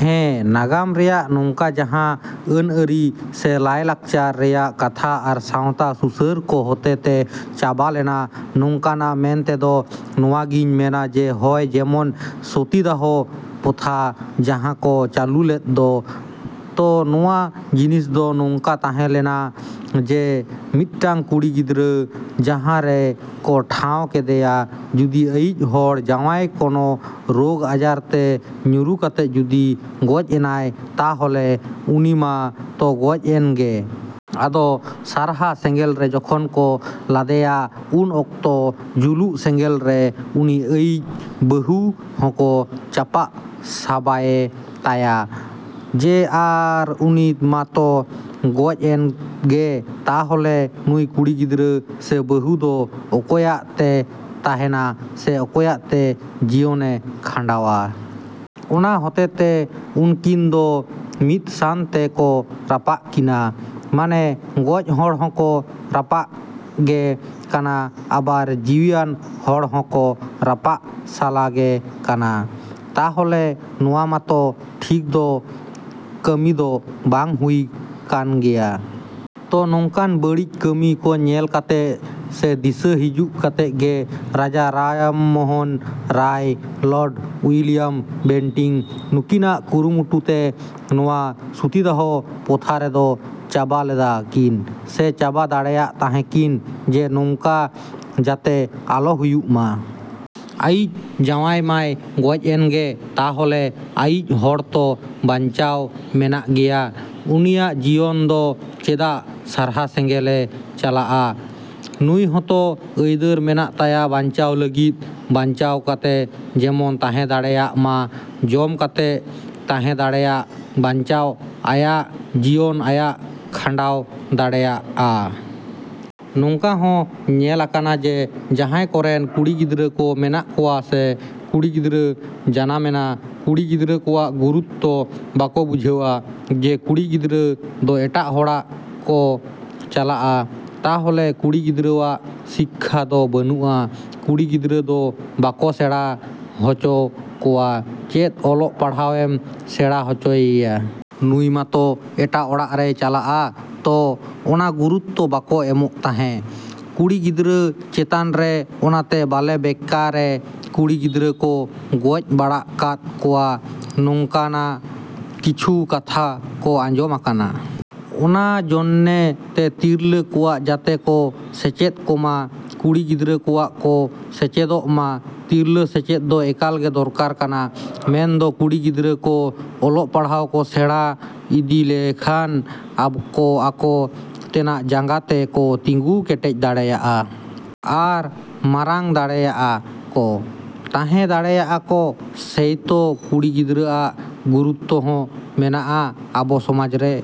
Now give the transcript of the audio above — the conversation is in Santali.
ᱦᱮᱸ, ᱱᱟᱜᱟᱢ ᱨᱮᱭᱟᱜ ᱱᱚᱝᱠᱟ ᱡᱟᱦᱟᱸ ᱟᱹᱱᱼᱟᱹᱨᱤ ᱥᱮ ᱞᱟᱭᱼᱞᱟᱠᱪᱟᱨ ᱨᱮᱭᱟᱜ ᱠᱟᱛᱷᱟ ᱟᱨ ᱥᱟᱶᱛᱟ ᱥᱩᱥᱟᱹᱨ ᱠᱚ ᱦᱚᱛᱮ ᱛᱮ ᱪᱟᱵᱟ ᱞᱮᱱᱟ, ᱱᱚᱝᱠᱟᱱᱟ ᱢᱮᱱᱛᱮᱫᱚ ᱱᱚᱣᱟ ᱜᱮᱧ ᱢᱮᱱᱟ ᱡᱮ ᱦᱚᱭ ᱡᱮᱢᱚᱱ ᱥᱚᱛᱤᱫᱟᱦᱚ ᱯᱚᱛᱷᱟ ᱡᱟᱦᱟᱸ ᱠᱚ ᱪᱟᱹᱞᱩ ᱞᱮᱫ ᱫᱚ, ᱛᱚ ᱱᱚᱣᱟ ᱡᱤᱱᱤᱥ ᱫᱚ ᱱᱚᱝᱠᱟ ᱛᱟᱦᱮᱸ ᱞᱟᱱᱟ ᱡᱮ ᱢᱤᱫᱴᱟᱝ ᱠᱩᱲᱤ ᱜᱤᱫᱽᱨᱟᱹ ᱡᱟᱦᱟᱸ ᱨᱮ ᱠᱚ ᱴᱷᱟᱶ ᱠᱮᱫᱮᱭᱟ ᱡᱩᱫᱤ ᱟᱭᱤᱡ ᱦᱚᱲ ᱡᱟᱶᱟᱭ ᱠᱚᱱᱚ ᱨᱚᱜᱽ ᱟᱡᱟᱨ ᱛᱮ ᱧᱩᱨᱩ ᱠᱟᱛᱮ ᱡᱩᱫᱤ ᱜᱚᱡ ᱮᱱᱟᱭ ᱛᱟᱦᱚᱞᱮ ᱩᱱᱤ ᱢᱟ ᱛᱚ ᱜᱚᱡ ᱮᱱ ᱜᱮ᱾ ᱟᱫᱚ ᱥᱟᱨᱦᱟ ᱥᱮᱸᱜᱮᱞ ᱨᱮ ᱡᱚᱠᱷᱚᱱ ᱠᱚ ᱞᱟᱫᱮᱭᱟ ᱩᱱ ᱚᱠᱛᱚ ᱡᱩᱞᱩᱜ ᱥᱮᱸᱜᱮᱞ ᱨᱮ ᱩᱱᱤ ᱟᱭᱤᱡ ᱵᱟᱹᱦᱩ ᱦᱚᱸ ᱠᱚ ᱪᱟᱯᱟᱜ ᱥᱟᱵᱟᱭᱮ ᱛᱟᱭᱟ ᱡᱮ ᱟᱨ ᱩᱱᱤ ᱢᱟ ᱛᱚ ᱜᱚᱡ ᱮᱱ ᱜᱮ ᱛᱟᱦᱚᱞᱮ ᱱᱩᱭ ᱠᱩᱲᱤ ᱜᱤᱫᱽᱨᱟᱹ ᱥᱮ ᱵᱟᱹᱦᱩ ᱫᱚ ᱚᱠᱚᱭᱟᱜ ᱛᱮ ᱛᱟᱦᱮᱱᱟ ᱥᱮ ᱚᱠᱚᱭᱟᱜ ᱛᱮ ᱡᱤᱭᱚᱱᱮ ᱠᱷᱟᱸᱰᱟᱣᱟ? ᱚᱱᱟ ᱦᱚᱛᱮ ᱛᱮ ᱩᱱᱠᱤᱱ ᱫᱚ ᱢᱤᱫᱥᱟᱱ ᱛᱮ ᱠᱚ ᱨᱟᱯᱟᱜ ᱠᱤᱱᱟ, ᱢᱟᱱᱮ ᱜᱚᱡ ᱦᱚᱲ ᱦᱚᱸ ᱠᱚ ᱨᱟᱯᱟᱜ ᱜᱮ ᱠᱟᱱᱟ ᱟᱵᱟᱨ ᱡᱤᱣᱤᱣᱟᱱ ᱦᱚᱲ ᱦᱚᱸ ᱠᱚ ᱨᱟᱯᱟᱜ ᱥᱟᱞᱟ ᱜᱮ ᱠᱟᱱᱟ᱾ ᱛᱟᱦᱚᱞᱮ ᱱᱚᱣᱟ ᱢᱟ ᱛᱚ ᱴᱷᱤᱠ ᱫᱚ ᱠᱟᱹᱢᱤ ᱫᱚ ᱵᱟᱝ ᱦᱩᱭ ᱠᱟᱱ ᱜᱮᱭᱟ᱾ ᱛᱚ ᱱᱚᱝᱠᱟᱱ ᱵᱟᱹᱲᱤᱡ ᱠᱟᱹᱢᱤ ᱠᱚ ᱧᱮᱞ ᱠᱟᱛᱮ ᱥᱮ ᱫᱤᱥᱟᱹ ᱦᱤᱡᱩᱜ ᱠᱟᱛᱮ ᱜᱮ Raja Rammohan Roy, Lord William Bentinck ᱱᱩᱠᱤᱱᱟᱜ ᱠᱩᱨᱩᱢᱩᱴᱩ ᱛᱮ ᱱᱚᱣᱟ ᱥᱚᱛᱤᱫᱟᱦᱚ ᱯᱚᱛᱷᱟ ᱨᱮᱫᱚ ᱪᱟᱵᱟ ᱞᱮᱫᱟ ᱠᱤᱱ ᱥᱮ ᱪᱟᱵᱟ ᱫᱟᱲᱮᱭᱟᱜ ᱛᱟᱦᱮᱸ ᱠᱤᱱ ᱡᱮ ᱱᱚᱝᱠᱟ ᱡᱟᱛᱮ ᱟᱞᱚ ᱦᱩᱭᱩᱜ ᱢᱟ᱾ ᱟᱭᱤᱡ ᱡᱟᱶᱟᱭ ᱢᱟᱭ ᱜᱚᱡ ᱮᱱ ᱜᱮ ᱛᱟᱦᱚᱞᱮ ᱟᱭᱤᱡ ᱦᱚᱲ ᱛᱚ ᱵᱟᱧᱪᱟᱣ ᱢᱮᱱᱟᱜ ᱜᱮᱭᱟ, ᱩᱱᱤᱭᱟᱜ ᱡᱤᱭᱚᱱ ᱫᱚ ᱪᱮᱫᱟᱜ ᱥᱟᱨᱦᱟ ᱥᱮᱸᱜᱮᱞᱮ ᱪᱟᱞᱟᱜᱼᱟ? ᱱᱩᱭ ᱦᱚᱸᱛᱚ ᱟᱹᱭᱫᱟᱹᱨ ᱢᱮᱱᱟᱜ ᱛᱟᱭᱟ ᱵᱟᱧᱪᱟᱣ ᱞᱟᱹᱜᱤᱫ ᱾ ᱵᱟᱧᱪᱟᱣ ᱠᱟᱛᱮ ᱡᱮᱢᱚᱱ ᱛᱟᱦᱮᱸ ᱫᱟᱲᱮᱭᱟᱜ ᱢᱟ, ᱡᱚᱢ ᱠᱟᱛᱮ ᱛᱟᱦᱮᱸ ᱫᱟᱲᱮᱭᱟᱜᱼᱟ, ᱵᱟᱧᱪᱟᱣ ᱟᱭᱟᱜ ᱡᱤᱭᱚᱱ ᱟᱭᱟᱜ ᱠᱷᱟᱸᱰᱟᱣ ᱫᱟᱲᱮᱭᱟᱜᱼᱟ᱾ ᱱᱚᱝᱠᱟ ᱦᱚ ᱧᱮᱞ ᱟᱠᱟᱱᱟ ᱡᱮ ᱡᱟᱦᱟᱸᱭ ᱠᱚᱨᱮᱱ ᱠᱩᱲᱤ ᱜᱤᱫᱽᱨᱟᱹ ᱠᱚ ᱢᱮᱱᱟᱜ ᱠᱚᱣᱟ ᱥᱮ ᱠᱩᱲᱤ ᱜᱤᱫᱽᱨᱟᱹ ᱡᱟᱱᱟᱢᱮᱱᱟ, ᱠᱩᱲᱤ ᱜᱤᱫᱽᱨᱟᱹ ᱠᱚᱣᱟᱜ ᱜᱩᱨᱩᱛᱛᱚ ᱵᱟᱠᱚ ᱵᱩᱡᱷᱟᱹᱣᱟ ᱡᱮ ᱠᱩᱲᱤ ᱜᱤᱫᱽᱨᱟᱹ ᱫᱚ ᱮᱴᱟᱜ ᱦᱚᱲᱟᱜ ᱠᱚ ᱪᱟᱞᱟᱜᱼᱟ᱾ ᱛᱟᱦᱚᱞᱮ ᱠᱩᱲᱤ ᱜᱤᱫᱽᱨᱟᱹᱣᱟᱜ ᱥᱤᱠᱠᱷᱟ ᱫᱚ ᱵᱟᱹᱱᱩᱜᱼᱟ, ᱠᱩᱲᱤ ᱜᱤᱫᱽᱨᱟᱹ ᱫᱚ ᱵᱟᱠᱚ ᱥᱮᱬᱟ ᱦᱚᱪᱚ ᱠᱚᱣᱟ ᱪᱮᱫ ᱚᱞᱚᱜ ᱯᱟᱲᱦᱟᱣ ᱮᱢ ᱥᱮᱬᱟ ᱦᱚᱪᱚᱭᱮᱭᱟ? ᱱᱩᱭ ᱢᱟ ᱛᱚ ᱮᱴᱟᱜ ᱚᱲᱟᱜ ᱨᱮᱭ ᱪᱟᱞᱟᱜᱼᱟ᱾ ᱛᱚ ᱚᱱᱟ ᱜᱩᱨᱩᱛᱛᱚ ᱵᱟᱠᱚ ᱮᱢᱚᱜ ᱛᱟᱦᱮᱸ ᱾ ᱠᱩᱲᱤ ᱜᱤᱫᱽᱨᱟᱹ ᱪᱮᱛᱟᱱ ᱨᱮ, ᱚᱱᱟᱛᱮ ᱵᱟᱞᱮ ᱵᱮᱠᱟᱨᱮ ᱠᱩᱲᱤ ᱜᱤᱫᱽᱨᱟᱹ ᱠᱚ ᱜᱚᱡ ᱵᱟᱲᱟᱜ ᱠᱟᱛ ᱠᱚᱣᱟ, ᱱᱚᱝᱠᱟᱱᱟ ᱠᱤᱪᱷᱩ ᱠᱟᱛᱷᱟ ᱠᱚ ᱟᱸᱡᱚᱢ ᱟᱠᱟᱱᱟ᱾ ᱚᱱᱟ ᱡᱚᱱᱱᱮ ᱛᱮ ᱛᱤᱨᱞᱟᱹ ᱠᱚᱣᱟᱜ ᱡᱟᱛᱮ ᱠᱚ ᱥᱮᱪᱮᱫ ᱠᱚᱢᱟ, ᱠᱩᱲᱤ ᱜᱤᱫᱽᱨᱟᱹ ᱠᱚᱣᱟᱜ ᱠᱚ ᱥᱮᱪᱮᱫᱚᱜ ᱢᱟ, ᱛᱤᱨᱞᱟᱹ ᱥᱮᱪᱮᱫ ᱫᱚ ᱮᱠᱟᱞ ᱜᱮ ᱫᱚᱨᱠᱟᱨ ᱠᱟᱱᱟ᱾ ᱢᱮᱱᱫᱚ ᱠᱩᱲᱤ ᱜᱤᱫᱽᱨᱟᱹ ᱠᱚ ᱚᱞᱚᱜ ᱯᱟᱲᱦᱟᱣ ᱠᱚ ᱥᱮᱬᱟ ᱤᱫᱤ ᱞᱮᱠᱷᱟᱱ ᱟᱠᱚ ᱟᱠᱚ ᱛᱮᱱᱟᱜ ᱡᱟᱸᱜᱟ ᱛᱮ ᱠᱚ ᱛᱤᱸᱜᱩ ᱠᱮᱴᱮᱡ ᱫᱟᱲᱮᱭᱟᱜᱼᱟ᱾ ᱟᱨ ᱢᱟᱨᱟᱝ ᱫᱟᱲᱮᱭᱟᱜᱼᱟ ᱠᱚ, ᱛᱟᱦᱮᱸ ᱫᱟᱲᱮᱭᱟᱜᱼᱟ ᱠᱚ, ᱥᱮᱭᱛᱚ ᱠᱩᱲᱤ ᱜᱤᱫᱽᱨᱟᱹᱟᱜ ᱜᱩᱨᱩᱛᱛᱚ ᱦᱚᱸ ᱢᱮᱱᱟᱜᱼᱟ ᱟᱵᱚ ᱥᱚᱢᱟᱽ ᱨᱮ᱾